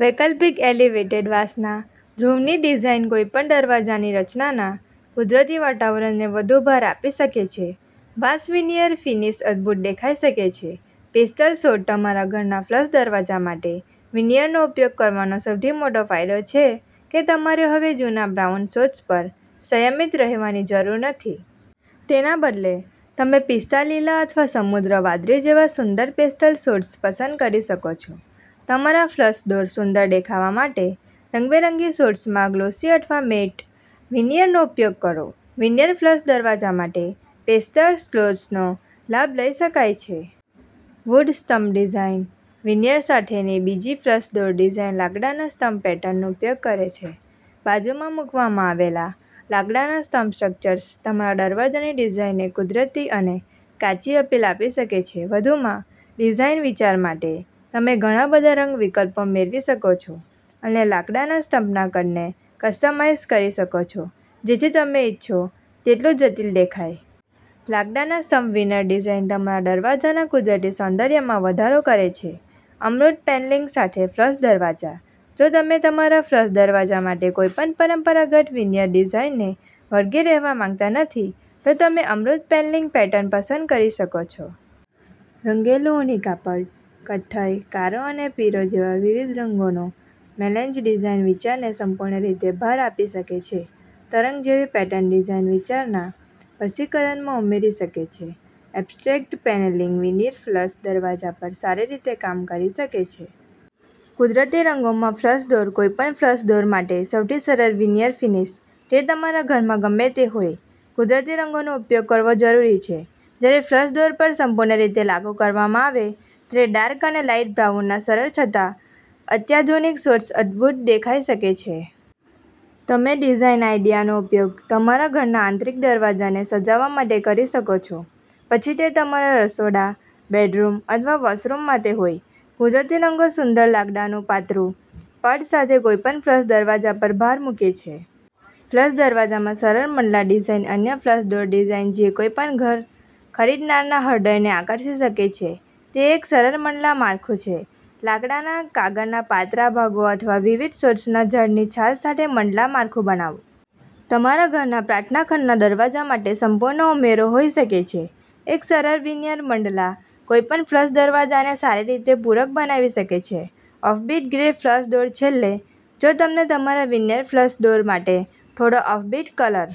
વૈકલ્પિક એલિવેટેડ વાંસના ધ્રુવની ડિઝાઇન કોઈપણ દરવાજાની રચનાના કુદરતી વાતાવરણને વધુ ભાર આપી શકે છે. વાંસ વીનીયર ફિનિશ અદ્ભુત દેખાઈ શકે છે. પેસ્ટલ શેડ તમારા ઘરના ફ્લશ દરવાજા માટે વિનિયરનો ઉપયોગ કરવાનો સૌથી મોટો ફાયદો છે કે તમારે હવે જૂના બ્રાઉન શેડ્સ પર સંયમિત રહેવાની જરૂર નથી. તેના બદલે, તમે પિસ્તા લીલા અથવા સમુદ્ર વાદળી જેવા સુંદર પેસ્ટલ શેડ્સ પસંદ કરી શકો છો. તમારા ફ્લશ ડોર સુંદર દેખાવા માટે રંગબેરંગી શેડ્સમાં ગ્લોસી અથવા મેટ વિનિયરનો ઉપયોગ કરો. વિનિયર ફ્લશ દરવાજા માટે પેસ્ટલ શેડ્સનો લાભ લઈ શકાય છે. વુડ સ્ટમ્પ ડિઝાઇન વિનિયર સાથેની બીજી ફ્લશ ડોર ડિઝાઇન લાકડાના સ્ટમ્પ પેટર્નનો ઉપયોગ કરે છે. બાજુમાં મૂકવામાં આવેલા લાકડાના સ્ટમ્પ સ્ટ્રક્ચર્સ તમારા દરવાજાની ડિઝાઇનને કુદરતી અને કાચી અપીલ આપી શકે છે. વધુમાં, ડિઝાઇન વિચાર માટે, તમે ઘણા બધા રંગ વિકલ્પો મેળવી શકો છો અને લાકડાના સ્ટમ્પના કદને કસ્ટમાઇઝ કરી શકો છો, જેથી તમે ઇચ્છો તેટલું જટિલ દેખાય. લાકડાના સ્ટમ્પ વિનર ડિઝાઇન તમારા દરવાજાના કુદરતી સૌંદર્યમાં વધારો કરે છે. અમૂર્ત પેનલિંગ સાથે ફ્લશ દરવાજા. જો તમે તમારા ફ્લશ દરવાજા માટે કોઈપણ પરંપરાગત વિનિયર ડિઝાઇનને વળગી રહેવા માંગતા નથી, તો તમે અમૂર્ત પેનલિંગ પેટર્ન પસંદ કરી શકો છો. રંગેલું ઊની કાપડ, કથ્થઈ, કાળો અને પીળો જેવા વિવિધ રંગોનો મેલેન્જ ડિઝાઇન વિચારને સંપૂર્ણ રીતે ભાર આપી શકે છે. તરંગ જેવી પેટર્ન ડિઝાઇન વિચારના વશીકરણમાં ઉમેરી શકે છે. એબ્સ્ટ્રેક્ટ પેનલિંગ વિનીર ફ્લશ દરવાજા પર સારી રીતે કામ કરી શકે છે. કુદરતી રંગોમાં ફ્લશ ડોર કોઈપણ ફ્લશ ડોર માટે સૌથી સરળ વિનિયર ફિનિશ, તે તમારા ઘરમાં ગમે તે હોય, કુદરતી રંગોનો ઉપયોગ કરવો જરૂરી છે. જ્યારે ફ્લશ ડોર પર સંપૂર્ણ રીતે લાગુ કરવામાં આવે ત્યારે ડાર્ક અને લાઇટ બ્રાઉનના સરળ છતાં અત્યાધુનિક શેડ્સ અદ્ભુત દેખાઈ શકે છે. તમે ડિઝાઇન આઇડિયાનો ઉપયોગ તમારા ઘરના આંતરિક દરવાજાને સજાવવા માટે કરી શકો છો, પછી તે તમારા રસોડા, બેડરૂમ અથવા વૉશરૂમ માટે હોય. કુદરતી રંગો સુંદર લાકડાનું પાતળું પડ સાથે કોઈપણ ફ્લશ દરવાજા પર ભાર મૂકે છે. ફ્લશ દરવાજામાં સરળ મંડલા ડિઝાઇન અન્ય ફ્લશ ડોર ડિઝાઇન જે કોઈપણ ઘર ખરીદનારના હૃદયને આકર્ષી શકે છે તે એક સરળ મંડલા માળખું છે. લાકડાના કાગળના પાતળા ભાગો અથવા વિવિધ શેડ્સના ઝાડની છાલ સાથે મંડલા માળખું બનાવો. તમારા ઘરના પ્રાર્થના ખંડના દરવાજા માટે સંપૂર્ણ ઉમેરો હોઈ શકે છે. એક સરળ વિનિયર મંડલા કોઈપણ ફ્લશ દરવાજાને સારી રીતે પૂરક બનાવી શકે છે ઓફબીટ ગ્રે ફ્લશ ડોર છેલ્લે, જો તમને તમારા વિનિયર ફ્લશ ડોર માટે થોડો ઓફબીટ કલર